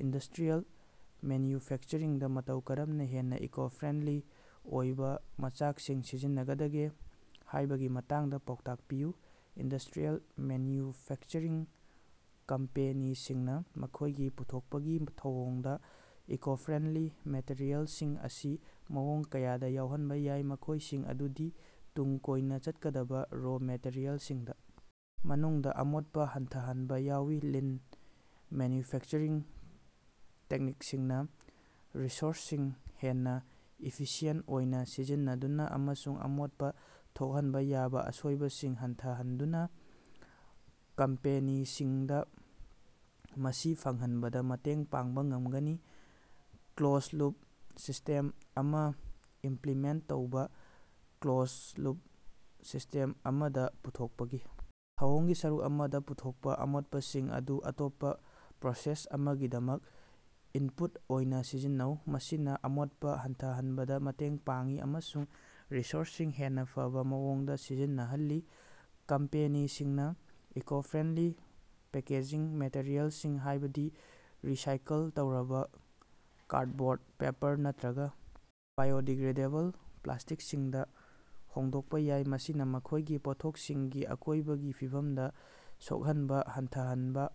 Industrial ꯃꯦꯟꯌꯨꯐꯦꯛꯆꯔꯤꯡꯗ ꯃꯇꯧ ꯀꯔꯝꯅ ꯍꯦꯟꯅ ꯏꯀꯣ-ꯐ꯭ꯔꯦꯟꯗꯂꯤ ꯑꯣꯏꯕ ꯃꯆꯥꯛꯁꯤꯡ ꯁꯤꯖꯤꯟꯅꯒꯗꯒꯦ ꯍꯥꯏꯕꯒꯤ ꯃꯇꯥꯡꯗ ꯄꯥꯎꯇꯥꯛ ꯄꯤꯌꯨ꯫ ꯏꯟꯗꯁ꯭ꯇꯔꯤꯌꯦꯜ ꯃꯦꯟꯌꯨꯐꯦꯛꯆꯔꯤꯡ ꯀꯝꯄꯦꯅꯤꯁꯤꯡꯅ ꯃꯈꯣꯏꯒꯤ ꯄꯨꯊꯣꯛꯄꯒꯤ ꯊꯧꯑꯣꯡꯗ ꯏꯀꯣ-ꯐ꯭ꯔꯦꯟꯗꯂꯤ ꯃꯦꯇꯔꯤꯑꯦꯜꯁꯤꯡ ꯑꯁꯤ ꯃꯑꯣꯡ ꯀꯌꯥꯗ ꯌꯥꯎꯍꯟꯕ ꯌꯥꯏ, ꯃꯈꯣꯏꯁꯤꯡ ꯑꯗꯨꯗꯤ: ꯇꯨꯡ ꯀꯣꯏꯅ ꯆꯠꯀꯗꯕ ꯔꯣ ꯃꯦꯇꯔꯤꯌꯦꯜꯁꯤꯡꯗ ꯃꯅꯨꯡꯗ ꯑꯃꯣꯠꯄ ꯍꯟꯊꯍꯟꯕ ꯌꯥꯎꯏ꯫ ꯂꯤꯟ ꯃꯦꯟꯌꯨꯐꯦꯛꯆꯔꯤꯡ ꯇꯦꯛꯅꯤꯛꯁꯤꯡꯅ ꯔꯤꯁꯣꯔꯁꯁꯤꯡ ꯍꯦꯟꯅ ꯏꯐꯤꯁꯤꯑꯦꯟꯠ ꯑꯣꯏꯅ ꯁꯤꯖꯤꯟꯅꯗꯨꯅ ꯑꯃꯁꯨꯡ ꯑꯃꯣꯠꯄ ꯊꯣꯛꯍꯟꯕ ꯌꯥꯕ ꯑꯁꯣꯏꯕꯁꯤꯡ ꯍꯟꯊꯍꯟꯗꯨꯅ ꯀꯝꯄꯦꯅꯤꯁꯤꯡꯗ ꯃꯁꯤ ꯐꯪꯍꯟꯕꯗ ꯃꯇꯦꯡ ꯄꯥꯡꯕ ꯉꯝꯒꯅꯤ꯫ ꯀ꯭ꯂꯣꯖꯗ-ꯂꯨꯞ ꯁꯤꯁ꯭ꯇꯦꯝ ꯑꯃꯥ ꯏꯝꯄꯂꯤꯃꯦꯟꯠ ꯇꯧꯕꯥ: ꯀ꯭ꯂꯣꯖꯗ-ꯂꯨꯞ ꯁꯤꯁ꯭ꯇꯦꯝ ꯑꯃꯗ, ꯄꯨꯊꯣꯛꯄꯒꯤ ꯊꯧꯑꯣꯡꯒꯤ ꯁꯔꯨꯛ ꯑꯃꯗ ꯄꯨꯊꯣꯛꯄ ꯑꯃꯣꯠꯄꯁꯤꯡ ꯑꯗꯨ ꯑꯇꯣꯞꯄ ꯄ꯭ꯔꯣꯁꯦꯁ ꯑꯃꯒꯤꯗꯃꯛ ꯏꯟꯄꯨꯠ ꯑꯣꯏꯅ ꯁꯤꯖꯤꯟꯅꯧ꯫ ꯃꯁꯤꯅ ꯑꯃꯣꯠꯄ ꯍꯟꯊꯍꯟꯕꯗ ꯃꯇꯦꯡ ꯄꯥꯡꯏ ꯑꯃꯁꯨꯡ ꯔꯤꯁꯣꯔꯁꯁꯤꯡ ꯍꯦꯟꯅ ꯐꯕ ꯃꯑꯣꯡꯗ ꯁꯤꯖꯤꯟꯅꯍꯜꯂꯤ꯫ ꯀꯝꯄꯦꯅꯤꯁꯤꯡꯅ ꯏꯀꯣ-ꯐ꯭ꯔꯦꯟꯗꯂꯤ ꯄꯦꯀꯦꯖꯤꯡ ꯃꯦꯇꯔꯤꯑꯦꯜꯁꯤꯡ ꯍꯥꯏꯕꯗꯤ ꯔꯤꯁꯥꯏꯀꯜ ꯇꯧꯔꯕ ꯀꯥꯔꯗꯕꯣꯔꯗ, ꯄꯦꯄꯔ, ꯅꯠꯇꯔꯒ ꯕꯥꯏꯑꯣꯗꯤꯒ꯭ꯔꯦꯗꯦꯕꯜ ꯄ꯭ꯂꯥꯁ꯭ꯇꯤꯛꯁꯤꯡꯗ ꯍꯣꯡꯗꯣꯛꯄ ꯌꯥꯏ꯫ ꯃꯁꯤꯅ ꯃꯈꯣꯏꯒꯤ ꯄꯣꯠꯊꯣꯛꯁꯤꯡꯒꯤ ꯑꯀꯣꯏꯕꯒꯤ ꯐꯤꯕꯝꯗ ꯁꯣꯛꯍꯟꯕ ꯍꯟꯊꯍꯟꯕꯗ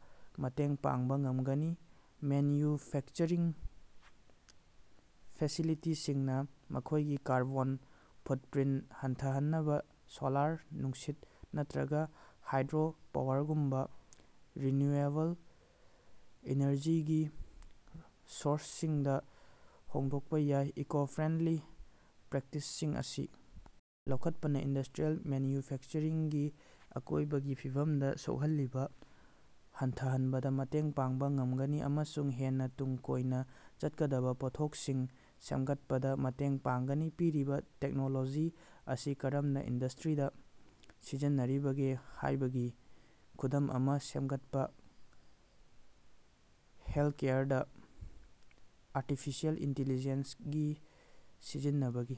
ꯃꯇꯦꯡ ꯄꯥꯡꯕ ꯉꯝꯒꯅꯤ꯫ ꯃꯦꯟꯌꯨꯐꯦꯛꯆꯔꯤꯡ ꯐꯦꯁꯤꯂꯤꯇꯤꯁꯤꯡꯅ ꯃꯈꯣꯏꯒꯤ ꯀꯥꯔꯕꯣꯟ ꯐꯨꯠꯄꯔꯤꯟꯠ ꯍꯟꯊꯍꯟꯅꯕ ꯁꯣꯂꯥꯔ, ꯅꯨꯡꯁꯤꯠ, ꯅꯠꯇꯔꯒ ꯍꯥꯏꯗ꯭ꯔꯣ ꯄꯥꯋꯔꯒꯨꯝꯕ ꯔꯤꯅ꯭ꯌꯨꯑꯦꯕꯜ ꯏꯅꯔꯖꯤꯒꯤ ꯁꯣꯔꯁꯁꯤꯡꯗ ꯍꯣꯡꯗꯣꯛꯄ ꯌꯥꯏ꯫ ꯏꯀꯣ-ꯐ꯭ꯔꯦꯟꯗꯂꯤ ꯄ꯭ꯔꯦꯛꯇꯤꯁꯁꯤꯡ ꯑꯁꯤ ꯂꯧꯈꯠꯄꯅ ꯏꯟꯗꯁ꯭ꯇꯔꯤꯌꯦꯜ ꯃꯦꯟꯌꯨꯐꯦꯛꯆꯔꯤꯡꯒꯤ ꯑꯀꯣꯏꯕꯒꯤ ꯐꯤꯕꯝꯗ ꯁꯣꯛꯍꯜꯂꯤꯕ ꯍꯟꯊꯍꯟꯕꯗ ꯃꯇꯦꯡ ꯄꯥꯡꯕ ꯉꯝꯒꯅꯤ ꯑꯃꯁꯨꯡ ꯍꯦꯟꯅ ꯇꯨꯡ ꯀꯣꯏꯅ ꯆꯠꯀꯗꯕ ꯄꯣꯠꯊꯣꯛꯁꯤꯡ ꯁꯦꯝꯒꯠꯄꯗ ꯃꯇꯦꯡ ꯄꯥꯡꯒꯅꯤ꯫ ꯄꯤꯔꯤꯕ ꯇꯦꯛꯅꯣꯂꯣꯖꯤ ꯑꯁꯤ ꯀꯔꯝꯅ ꯏꯟꯗꯁ꯭ꯇꯔꯤꯗꯥ ꯁꯤꯖꯤꯟꯅꯔꯤꯕꯒꯦ ꯍꯥꯏꯕꯒꯤ ꯈꯨꯗꯝ ꯑꯃꯥ ꯁꯦꯝꯒꯠꯄꯥ꯫ ꯍꯦꯜꯊꯀꯦꯌꯔꯗ ꯑꯥꯔꯇꯤꯐꯤꯁꯤꯑꯦꯜ ꯏꯟꯇꯤꯂꯤꯖ‌ꯦꯟꯁꯒꯤ ꯁꯤꯖꯤꯟꯅꯕꯒꯤ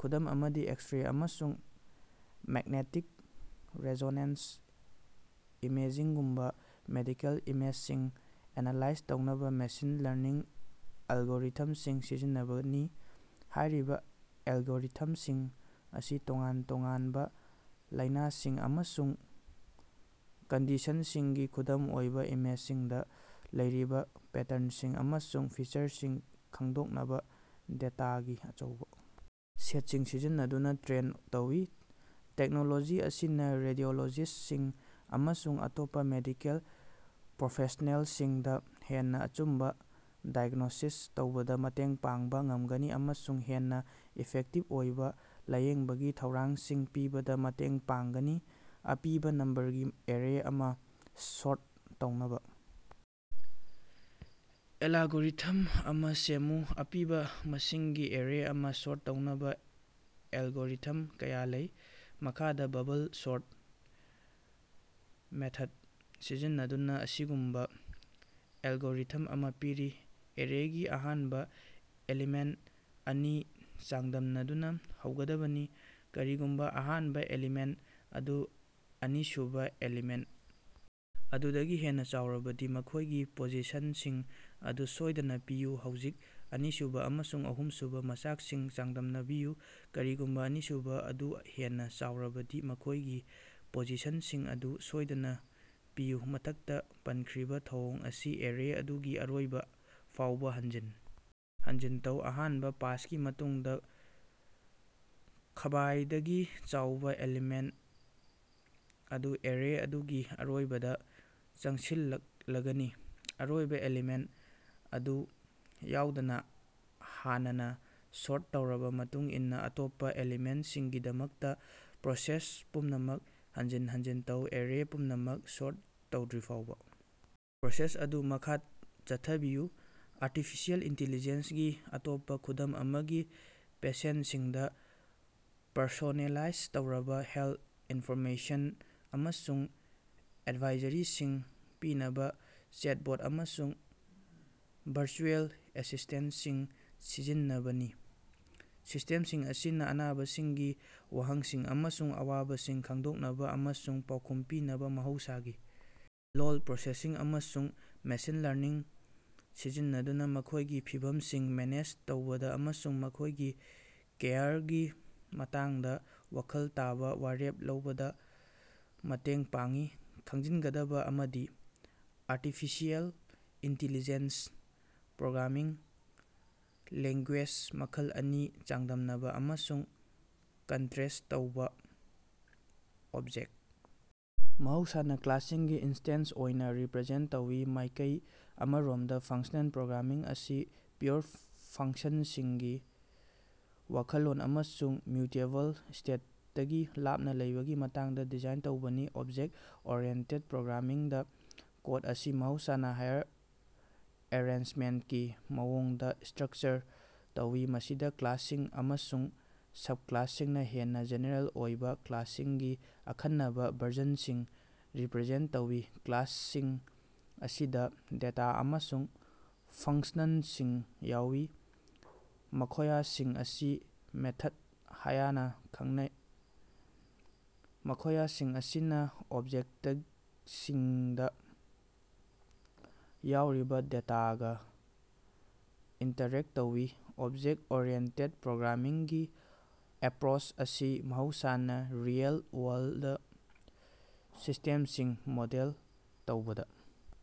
ꯈꯨꯗꯝ ꯑꯃꯗꯤ ꯑꯦꯛꯁ-ꯔꯦ ꯑꯃꯁꯨꯡ ꯃ‌ꯦꯛꯅ‌ꯦꯇꯤꯛ ꯔ‌ꯦꯖ‌ꯣꯅ‌ꯦꯟꯁ ꯏꯃ‌ꯦꯖꯤꯡꯒꯨꯝꯕ ꯃꯦꯗꯤꯀꯦꯜ ꯏꯃꯦꯖꯁꯤꯡ ꯑꯦꯅꯥꯂꯥꯏꯖ ꯇꯧꯅꯕ ꯃꯦꯁꯤꯟ ꯂꯔꯅꯤꯡ ꯑꯦꯜꯒꯣꯔꯤꯊꯝꯁꯤꯡ ꯁꯤꯖꯤꯟꯅꯕꯅꯤ꯫ ꯍꯥꯏꯔꯤꯕ ꯑꯦꯜꯒꯣꯔꯤꯊꯝꯁꯤꯡ ꯑꯁꯤ ꯇꯣꯉꯥꯟ ꯇꯣꯉꯥꯟꯕ ꯂꯥꯏꯅꯥꯁꯤꯡ ꯑꯃꯁꯨꯡ ꯀꯟꯗꯤꯁꯟꯁꯤꯡꯒꯤ ꯈꯨꯗꯝ ꯑꯣꯏꯕ ꯏꯃꯦꯖꯁꯤꯡꯗ ꯂꯩꯔꯤꯕ ꯄꯦꯇꯔꯟꯁꯤꯡ ꯑꯃꯁꯨꯡ ꯐꯤꯆꯔꯁꯤꯡ ꯈꯪꯗꯣꯛꯅꯕ ꯗꯦꯇꯥꯒꯤ ꯑꯆꯧꯕ ꯁꯦꯠꯁꯤꯡ ꯁꯤꯖꯤꯟꯅꯗꯨꯅ ꯇ꯭ꯔꯦꯟ ꯇꯧꯏ꯫ ꯇꯦꯛꯅꯣꯂꯣꯖꯤ ꯑꯁꯤꯅ ꯔꯦꯗꯤꯑꯣꯂꯣꯖꯤꯁ꯭ꯠꯁꯤꯡ ꯑꯃꯁꯨꯡ ꯑꯇꯣꯞꯄ ꯃꯦꯗꯤꯀꯦꯜ ꯄ꯭ꯔꯣꯐꯦꯁ꯭ꯅꯦꯜꯁꯤꯡꯗ ꯍꯦꯟꯅꯥ ꯑꯆꯨꯝꯕ ꯗꯥꯏꯒ꯭ꯅꯣꯁꯤꯁ ꯇꯧꯕꯗꯥ ꯃꯇꯦꯡ ꯄꯥꯡꯕꯥ ꯉꯝꯒꯅꯤ ꯑꯃꯁꯨꯡ ꯍꯦꯟꯅꯥ ꯏꯐꯦꯛꯇꯤꯕ ꯑꯣꯏꯕꯥ ꯂꯥꯌꯦꯡꯕꯒꯤ ꯊꯧꯔꯥꯡꯁꯤꯡ ꯄꯤꯕꯗ ꯃꯇꯦꯡ ꯄꯥꯡꯒꯅꯤ꯫ ꯑꯄꯤꯕꯥ ꯅꯝꯕꯔꯒꯤ ꯑꯦꯔꯦ ꯑꯃꯥ ꯁꯣꯔꯠ ꯇꯧꯅꯕ ꯑꯦꯂꯒꯣꯔꯤꯊꯝ ꯑꯃꯥ ꯁꯦꯝꯃꯨ꯫ ꯑꯄꯤꯕꯥ ꯃꯁꯤꯡꯒꯤ ꯑꯦꯔꯦ ꯑꯃꯥ ꯁꯣꯔꯠ ꯇꯧꯅꯕ ꯑꯦꯜꯒꯣꯔꯤꯊꯝ ꯀꯌꯥ ꯂꯩ꯫ ꯃꯈꯥꯗ ꯕꯕꯜ ꯁꯣꯔꯠ ꯃꯦꯊꯗ ꯁꯤꯖꯤꯟꯅꯗꯨꯅ ꯑꯁꯤꯒꯨꯝꯕ ꯑꯦꯜꯒꯣꯔꯤꯊꯝ ꯑꯃ ꯄꯤꯔꯤ: ꯑꯦꯔꯦꯒꯤ ꯑꯍꯥꯟꯕ ꯑꯦꯂꯤꯃꯦꯟꯠ ꯑꯅꯤ ꯆꯥꯡꯗꯝꯅꯗꯨꯅ ꯍꯧꯒꯗꯕꯅꯤ꯫ ꯀꯔꯤꯒꯨꯝꯕ ꯑꯍꯥꯟꯕ ꯑꯦꯂꯤꯃꯦꯟꯠ ꯑꯗꯨ ꯑꯅꯤꯁꯨꯕ ꯑꯦꯂꯤꯃꯦꯟꯠ ꯑꯗꯨꯗꯒꯤ ꯍꯦꯟꯅ ꯆꯥꯎꯔꯕꯗꯤ, ꯃꯈꯣꯏꯒꯤ ꯄꯣꯖꯤꯁꯟꯁꯤꯡ ꯑꯗꯨ ꯁꯣꯏꯗꯅ ꯄꯤꯌꯨ꯫ ꯍꯧꯖꯤꯛ, ꯑꯅꯤꯁꯨꯕ ꯑꯃꯁꯨꯡ ꯑꯍꯨꯝꯁꯨꯕ ꯃꯆꯥꯛꯁꯤꯡ ꯆꯥꯡꯗꯝꯅꯕꯤꯌꯨ꯫ ꯀꯔꯤꯒꯨꯝꯕ ꯑꯅꯤꯁꯨꯕ ꯑꯗꯨ ꯍꯦꯟꯅ ꯆꯥꯎꯔꯕꯗꯤ, ꯃꯈꯣꯏꯒꯤ ꯄꯣꯖꯤꯁꯟꯁꯤꯡ ꯑꯗꯨ ꯁꯣꯏꯗꯅ ꯄꯤꯌꯨ꯫ ꯃꯊꯛꯇ ꯄꯟꯈ꯭ꯔꯤꯕ ꯊꯧꯑꯣꯡ ꯑꯁꯤ ꯑꯦꯔꯦ ꯑꯗꯨꯒꯤ ꯑꯔꯣꯏꯕ ꯐꯥꯎꯕꯥ ꯍꯟꯖꯤꯟ ꯍꯟꯖꯤꯟ ꯇꯧ꯫ ꯑꯍꯥꯟꯕ ꯄꯥꯁꯀꯤ ꯃꯇꯨꯡꯗ ꯈ꯭ꯕꯥꯏꯗꯒꯤ ꯆꯥꯎꯕ ꯑꯦꯂꯤꯃꯦꯟꯠ ꯑꯗꯨ ꯑꯦꯔꯦ ꯑꯗꯨꯒꯤ ꯑꯔꯣꯏꯕꯗ ꯆꯪꯁꯤꯜꯂꯛꯂꯒꯅꯤ꯫ ꯑꯔꯣꯏꯕ ꯑꯦꯂꯤꯃꯦꯟꯠ ꯑꯗꯨ ꯌꯥꯎꯗꯅ ꯍꯥꯟꯅꯅꯥ ꯁꯣꯔꯠ ꯇꯧꯔꯕ ꯃꯇꯨꯡ ꯏꯟꯅ ꯑꯇꯣꯞꯄ ꯑꯦꯂꯤꯃꯦꯟꯠꯁꯤꯡꯒꯤꯗꯃꯛꯇ ꯄ꯭ꯔꯣꯁꯦꯁ ꯄꯨꯝꯅꯃꯛ ꯍꯟꯖꯤꯟ ꯍꯟꯖꯤꯟ ꯇꯧ꯫ ꯑꯦꯔꯦ ꯄꯨꯝꯅꯃꯛ ꯁꯣꯔꯠ ꯇꯧꯗ꯭ꯔꯤꯐꯥꯎꯕ ꯄ꯭ꯔꯣꯁꯦꯁ ꯑꯗꯨ ꯃꯈꯥ ꯆꯠꯊꯕꯤꯌꯨ꯫ ꯑꯥꯔꯇꯤꯐꯤꯁꯤꯑꯦꯜ ꯏꯟꯇꯤꯂꯤꯖ‌ꯦꯟꯁꯒꯤ ꯑꯇꯣꯞꯄ ꯈꯨꯗꯝ ꯑꯃꯗꯤ ꯄꯦꯁꯦꯟꯠꯁꯤꯡꯗ ꯄꯔꯁꯣꯅꯦꯂꯥꯏꯖ ꯇꯧꯔꯕ ꯍꯦꯜꯊ ꯏꯟꯐꯣꯔꯃꯦꯁꯟ ꯑꯃꯁꯨꯡ ꯑꯦꯗꯚꯥꯏꯖꯔꯤꯁꯤꯡ ꯄꯤꯅꯕ ꯆꯦꯠꯕꯣꯠ ꯑꯃꯁꯨꯡ ꯚꯔꯆꯨꯑꯦꯜ ꯑꯦꯁꯤꯁ꯭ꯇꯦꯟꯠꯁꯤꯡ ꯁꯤꯖꯤꯟꯅꯕꯅꯤ꯫ ꯁꯤꯁ꯭ꯇꯦꯝꯁꯤꯡ ꯑꯁꯤꯅ ꯑꯅꯥꯕꯁꯤꯡꯒꯤ ꯋꯥꯍꯪꯁꯤꯡ ꯑꯃꯁꯨꯡ ꯑꯋꯥꯕꯁꯤꯡ ꯈꯪꯗꯣꯛꯅꯕ ꯑꯃꯁꯨꯡ ꯄꯥꯎꯈꯨꯝ ꯄꯤꯅꯕ ꯃꯍꯧꯁꯥꯒꯤ ꯂꯣꯜ ꯄ꯭ꯔꯣꯁꯦꯁꯤꯡ ꯑꯃꯁꯨꯡ ꯃꯦꯁꯤꯟ ꯂꯔꯅꯤꯡ ꯁꯤꯖꯤꯟꯅꯗꯨꯅ ꯃꯈꯣꯏꯒꯤ ꯐꯤꯚꯝꯁꯤꯡ ꯃꯦꯅꯦꯖ ꯇꯧꯕꯗ ꯑꯃꯁꯨꯡ ꯃꯈꯣꯏꯒꯤ ꯀꯦꯌꯔꯒꯤ ꯃꯇꯥꯡꯗ ꯋꯥꯈꯜ ꯇꯥꯕ ꯋꯥꯔꯦꯞ ꯂꯧꯕꯗ ꯃꯇꯦꯡ ꯄꯥꯡꯏ꯫ ꯈꯪꯖꯤꯟꯒꯗꯕ ꯑꯃꯗꯤ, ꯑꯥꯔꯇꯤꯐꯤꯁꯤꯑꯦꯜ ꯏꯟꯇꯤꯂꯤꯖ‌ꯦꯟꯁ ꯄ꯭ꯔꯣꯒ꯭ꯔꯥꯃꯤꯡ ꯂꯦꯡꯒꯨꯌꯦꯖ ꯃꯈꯜ ꯑꯅꯤ ꯆꯥꯡꯗꯝꯅꯕ ꯑꯃꯁꯨꯡ ꯀꯟꯇꯔꯦꯁ꯭ꯠ ꯇꯧꯕꯥ꯫ ꯑꯣꯞꯖ‌ꯦꯛ ꯃꯍꯧꯁꯥꯅ ꯀ꯭ꯂꯥꯁꯁꯤꯡꯒꯤ ꯏꯟꯁꯇꯦꯟꯁ ꯑꯣꯏꯅ ꯔꯤꯄꯔꯖꯦꯟꯇ ꯇꯧꯏ꯫ ꯃꯥꯏꯀꯩ ꯑꯃꯔꯣꯝꯗ, ꯐꯪꯁ꯭ꯅꯦꯜ ꯄ꯭ꯔꯣꯒ꯭ꯔꯥꯃꯤꯡ ꯑꯁꯤ ꯄ꯭ꯌꯨꯔ ꯐꯪꯁꯟꯁꯤꯡꯒꯤ ꯋꯥꯈꯜꯂꯣꯟ ꯑꯃꯁꯨꯡ ꯃ꯭ꯌꯨꯇꯦꯕꯜ ꯁ꯭ꯇꯦꯠꯇꯒꯤ ꯂꯥꯞꯅ ꯂꯩꯕꯒꯤ ꯃꯇꯥꯡꯗ ꯗꯤꯖꯥꯏꯟ ꯇꯧꯕꯅꯤ꯫ ꯑꯣꯞꯖ‌ꯦꯛ ꯑꯣꯔꯤꯌ‌ꯦꯟꯇ‌ꯦꯠ ꯄꯔ‌ꯣꯒꯔꯥꯃꯤꯡꯗꯥ, ꯀꯣꯗ ꯑꯁꯤ ꯃꯍꯧꯁꯥꯅ ꯍꯥꯌꯔ ꯑꯦꯔꯦꯟꯖꯃꯦꯟꯠꯀꯤ ꯃꯑꯣꯡꯗ ꯁ꯭ꯇꯔꯛꯆꯔ ꯇꯧꯏ, ꯃꯁꯤꯗ ꯀ꯭ꯂꯥꯁꯁꯤꯡ ꯑꯃꯁꯨꯡ ꯁꯕꯀꯂꯥꯁꯁꯤꯡꯅ ꯍꯦꯟꯅ ꯖꯦꯅꯦꯔꯦꯜ ꯑꯣꯏꯕ ꯀ꯭ꯂꯥꯁꯁꯤꯡꯒꯤ ꯑꯈꯟꯅꯕ ꯚꯔꯖꯟꯁꯤꯡ ꯔꯤꯄꯔꯖꯦꯟꯇ ꯇꯧꯏ꯫ ꯀ꯭ꯂꯥꯁꯁꯤꯡ ꯑꯁꯤꯗ ꯗꯦꯇꯥ ꯑꯃꯁꯨꯡ ꯐꯪꯁꯅꯟꯁꯤꯡ ꯌꯥꯎꯏ, ꯃꯈꯣꯌꯁꯤꯡ ꯑꯁꯤ ꯃꯦꯊꯗ ꯍꯥꯌꯅꯥ ꯈꯉꯅꯩ, ꯃꯈꯣꯌꯁꯤꯡ ꯑꯁꯤꯅꯥ ꯑꯣꯕꯖꯦꯛꯇꯁꯤꯡꯗ ꯌꯥꯎꯔꯤꯕꯥ ꯗꯦꯇꯥꯒ ꯏꯟꯇꯔꯦꯛꯇ ꯇꯧꯏ꯫ ꯑꯣꯞꯖ‌ꯦꯛ ꯑꯣꯔꯤꯌ‌ꯦꯟꯇ‌ꯦꯠ ꯄꯔ‌ꯣꯒꯔꯥꯃꯤꯡꯒꯤ ꯑꯦꯄꯔꯣꯆ ꯑꯁꯤ ꯃꯍꯧꯁꯥꯅ ꯔꯤꯑꯦꯜ-ꯋꯥꯔꯜꯗ ꯁꯤꯁ꯭ꯇꯦꯝꯁꯤꯡ ꯃꯣꯗꯦꯜ ꯇꯧꯕꯗ